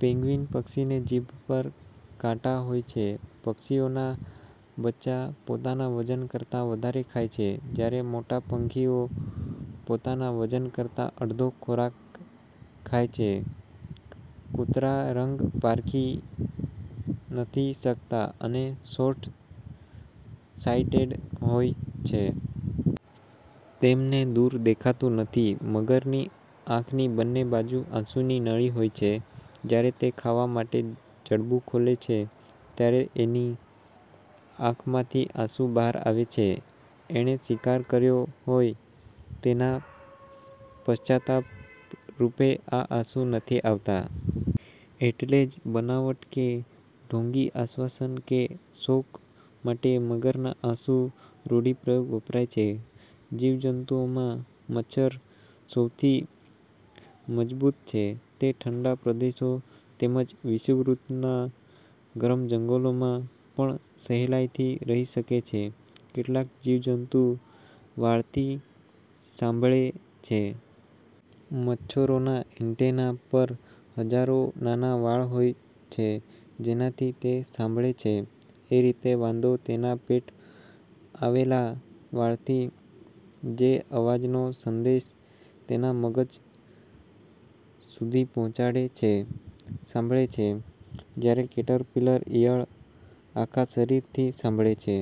Penguin પક્ષીને જીભ પર કાંટા હોય છે. પક્ષીઓનાં બચ્ચાં પોતાના વજન કરતાં વધારે ખાય છે, જ્યારે મોટાં પંખીઓ પોતાના વજન કરતાં અડધો ખોરાક ખાય છે. કૂતરાં રંગ પારખી નથી શકતાં અને 'શોર્ટ સાઈટેડ હોય છે. તેમને દૂર દેખાતું નથી. મગરની આંખની બન્ને બાજુ આંસુની નળી હોય છે. જ્યારે તે ખાવા માટે જડબું ખોલે છે ત્યારે એની આંખમાંથી આંસુ બહાર આવે છે. એણે શિકાર કર્યો હોય તેના પશ્ચાતાપરૂપે આ આંસુ નથી આવતાં. એટલે જ બનાવટ કે ઢોંગી આશ્વાસન કે શોક માટે 'મગરનાં આંસુ' રૂઢિપ્રયોગ વપરાય છે. જીવજંતુઓમાં મચ્છર સૌથી મજબૂત છે. તે ઠંડા પ્રદેશો તેમજ વિષુવવૃતનાં ગરમ જંગલોમાં પણ સહેલાઈથી રહી શકે છે. કેટલાક જીવજંતુ વાળથી સાંભળે છે. મચ્છરોના એંટેના પર હજારો નાના વાળ હોય છે જેનાથી તે સાંભળે છે. એ રીતે વાંદો તેના પેટ આવેલા વાળથી, જે અવાજનો સંદેશ તેના મગજ સુધી પહોંચાડે છે, સાંભળે છે. જ્યારે કેટરપીલર ઈયળ આખા શરીરથી સાંભળે છે.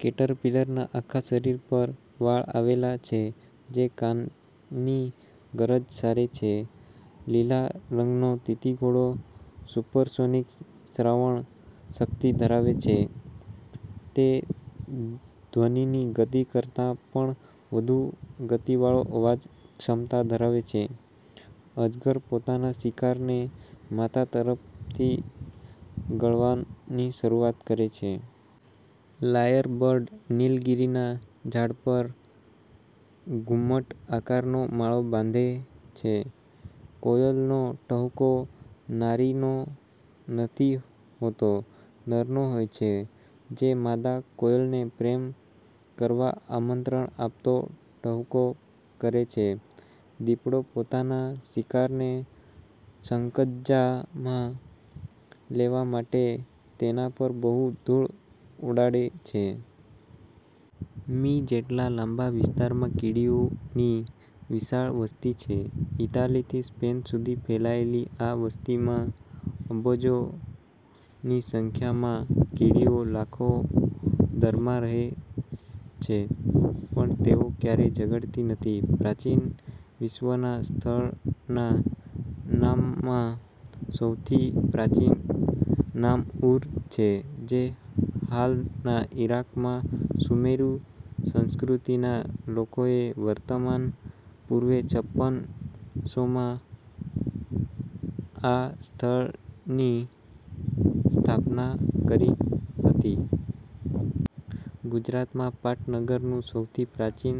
કેટરપીલરના આખા શરીર પર વાળ આવેલા છે જે કાનની ગરજ સારે છે. લીલા રંગનો તીતીઘોડો સુપરસોનિક શ્રવણ શક્તિ ધરાવે છે. તે ધ્વનિની ગતિ કરતાં પણ વધુ ગતિવાળો અવાજ ક્ષમતા ધરાવે છે. અજગર પોતાના શિકારને માથા તરફથી ગળવાની શરૂઆત કરે છે. લાયર બર્ડ નિલગિરિના ઝાડ પર ઘુમ્મટ આકારનો માળો બાંધે છે. કોયલનો ટહુકો નારીનો નથી હોતો નરનો હોય છે, જે માદા કોયલને પ્રેમ કરવા આમંત્રણ આપતો ટહુકો કરે છે. દીપડો પોતાના શિકારને સકંજામાં લેવા માટે તેના પર બહુ ધૂળ ઉડાડે છે. મી. જેટલા લાંબા વિસ્તારમાં કીડીઓની વિશાળ વસ્તી છે. ઈટાલીથી સ્પેન સુધી ફેલાયેલી આ વસ્તીમાં અંબજોની સંખ્યામાં કીડીઓ લાખો દરમાં રહે છે. પણ તેઓ ક્યારેય ઝગડતી નથી. પ્રાચીન વિશ્વનાં સ્થળનાં નામમાં સૌથી પ્રાચીન નામ ઉર છે જે હાલના ઈરાકમાં સુમેરુ સંસ્કૃતિનાં લોકોએ વર્તમાન પૂર્વે છપ્પન સો માં આ સ્થલની સ્થાપના કરી હતી. ગુજરાતમાં પાટનગરનું સૌથી પ્રાચીન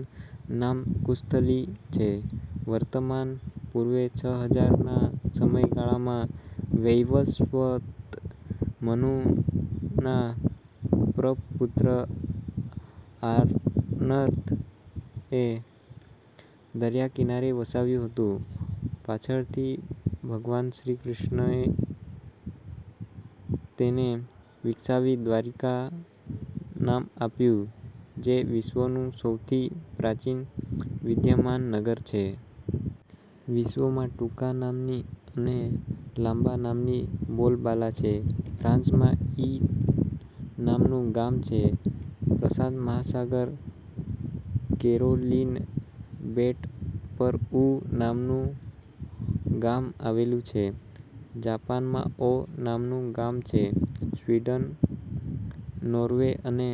નામ કુશસ્થલી છે. વર્તમાન પૂર્વે છ હજાર ના સમયગાળામાં વૈવસ્વત મનુના પ્રપુત્ર આરનથ એ દરિયાકિનારે વસાવ્યું હતું. પાછળ થી ભગવાન શ્રી કૃષ્ણે તેને વિકસાવી દ્વારિકા નામ આપ્યું, જે વિશ્વનું સૌથી પ્રાચીન વિદ્યમાન નગર છે. વિશ્વમાં ટુંકા નામની અને લાંબા નામની બોલબાલા છે. ફ્રાંસમાં 'ઈ' નામનું ગામ છે. પ્રશાંત મહાસાગર કેરોલિન બેટ પર 'ઉ' નામનું ગામ આવેલું છે. જાપાનમાં 'ઓ' નામનું ગામ છે. સ્વિડન, નોર્વે અને